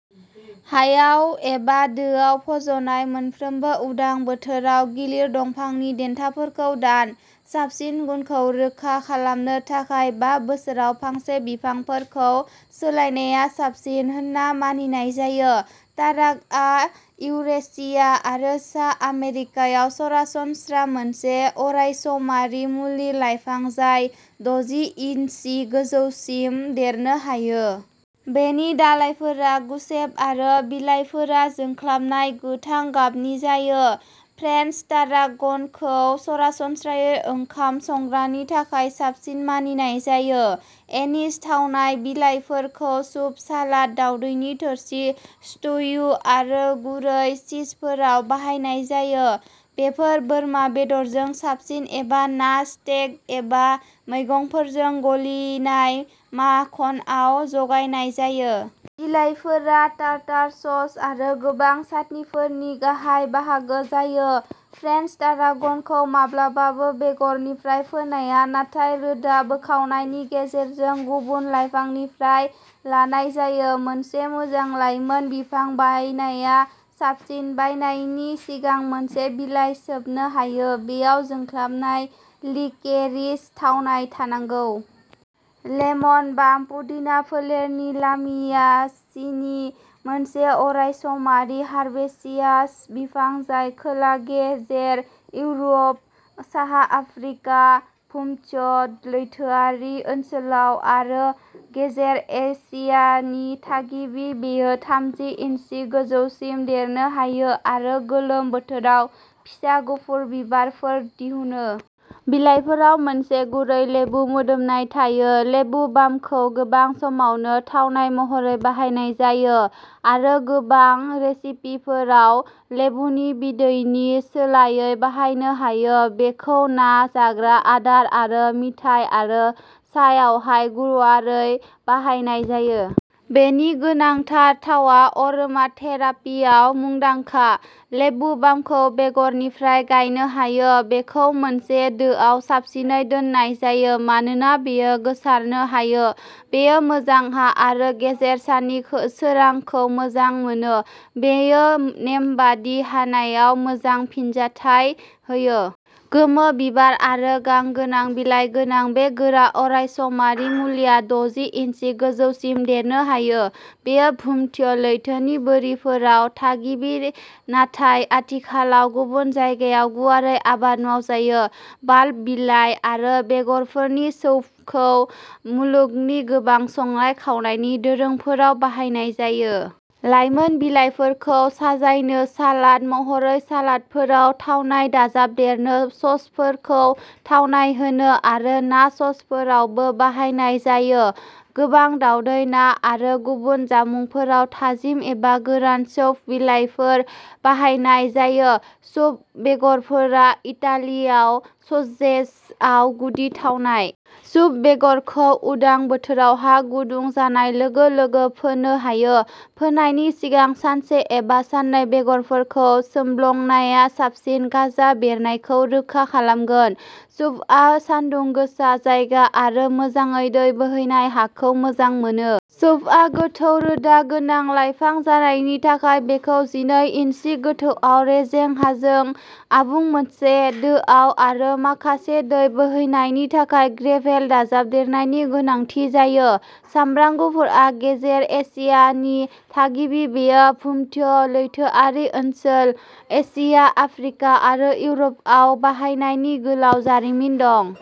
हायाव एबा दोआव फज'नाय, मोनफ्रोमबो उदां बोथोराव गिलिर, दंफांनि देन्थाफोरखौ दान। साबसिन गुनखौ रोखा खालामनो थाखाय बा बोसोराव फांसे बिफांफोरखौ सोलायनाया साबसिन होनना मानिनाय जायो। टारागनआ इउरेशिया आरो सा आमेरिकायाव सरासनस्रा मोनसे अरायसमारि मुलि लाइफां, जाय द'जि इन्सि गोजौसिम देरनो हायो। बेनि दालाइफोरा गुसेब आरो बिलाइफोरा जोंख्लाबनाय गोथां गाबनि जायो। फ्रेन्स टारागनखौ सरासनस्रायै ओंखाम संग्रानि थाखाय साबसिन मानिनाय जायो। एनिज थावनाय बिलाइफोरखौ सुप, सालाद, दावदैनि थोरसि, स्ट्यु आरो गुरै चीजफोराव बाहायनाय जायो। बेफोर बोरमा बेदरजों साबसिन एबा ना, स्टेक एबा मैगंफोरजों गलिनाय माखनआव जगायनाय जायो। बिलाइफोरा टारटार सस आरो गोबां चाटनिफोरनि गाहाय बाहागो जायो। फ्रेन्स टारागनखौ माब्लाबाबो बेगरनिफ्राय फोनाया नाथाय रोदा बोखावनायनि गेजेरजों गुबुन लाइफांनिफ्राय लानाय जायो। मोनसे मोजां लायमोन बिफां बायनाया साबसिन। बायनायनि सिगां मोनसे बिलाइ सोबनो हायो, बेयाव जोंख्लाबनाय लिकेरिस थावनाय थानांगौ। लेमन बाम पुदिना फोलेरनि लामियासिनि मोनसे अरायसमारि हार्बेसियास बिफां, जाय खोलागे जेर इउरप, साहा आफ्रिका, भुमध्य लैथोआरि ओनसोल आरो गेजेर एसियानि थागिबि। बेयो थामजि इन्सि गोजौसिम देरनो हायो आरो गोलोम बोथोराव फिसा गुफुर बिबारफोर दिहुनो। बिलाइफोराव मोनसे गुरै लेबु मोदोमनाय थायो। लेबु बामखौ गोबां समावनो थावनाय महरै बाहायनाय जायो आरो गोबां रेसिपिफोराव लेबुनि बिदैनि सोलायै बाहायनो हायो। बेखौ ना जाग्रा आदार आरो मिथाइ आरो साहायाव गुवारै बाहायनाय जायो। बेनि गोनांथार थावआ अरोमाथेरापियाव मुंदांखा। लेबु बामखौ बेगरनिफ्राय गायनो हायो। बेखौ मोनसे दोआव साबसिनै दोननाय जायो मानोना बेयो गोसारनो हायो। बेयो मोजां हा आरो गेजेर साननि सोरांखौ मोजां मोनो। बेयो नेमबादि हानायाव मोजां फिनजाथाय होयो। गोमो बिबार आरो गां गोनां बिलाइ गोनां बे गोरा, अरायसमारि मुलिया द'जि इन्सि गोजौसिम देरनो हायो। बेयो भुमध्य लैथोनि बोरिफोराव थागिबि नाथाय आथिखालाव गुबुन जायगायाव गुवारै आबाद मावजायो। बाल्ब, बिलाइ आरो बेगरफोरनि सौंफखौ मुलुगनि गोबां संनाय खावनायनि दोरोंफोराव बाहायनाय जायो। लायमोन बिलाइफोरखौ साजायनो, सालाद महरै, सालादफोराव थावनाय दाजाबदेरनो, ससफोरखौ थावनाय होनो आरो ना ससफोरावबो बाहायनाय जायो। गोबां दावदै, ना आरो गुबुन जामुंफोराव थाजिम एबा गोरान सौंफ बिलाइफोर बाहायनाय जायो। सौंफ बेगरफोरा इटालियान ससेजआव गुदि थावनाय। सौंफ बेगरखौ उदां बोथोराव हा गुदुं जानाय लोगो लोगो फोनो हायो। फोनायनि सिगां सानसे एबा साननै बेगरफोरखौ सोमब्लंनाया साबसिन गाजा बेरनायखौ रोखा खालामगोन। सौंफआ सानदुं गोसा जायगा आरो मोजाङै दै बोहैनाय हाखौ मोजां मोनो। सौंफआ गोथौ रोदा गोनां लाइफां जानायनि थाखाय बेखौ जिनै इन्सि गोथौआव रेजें हाजों आबुं मोनसे दोआव आरो माखासे दै बोहैनायनि थाखाय ग्रेभेल दाजाबदेरनायनि गोनांथि जायो। सामब्राम गुफुरआ गेजेर एसियानि थागिबि। बेयो भुमध्य लैथोआरि ओनसोल, एसिया, आफ्रिका आरो इउर'पआव बाहायनायनि गोलाव जारिमिन दं।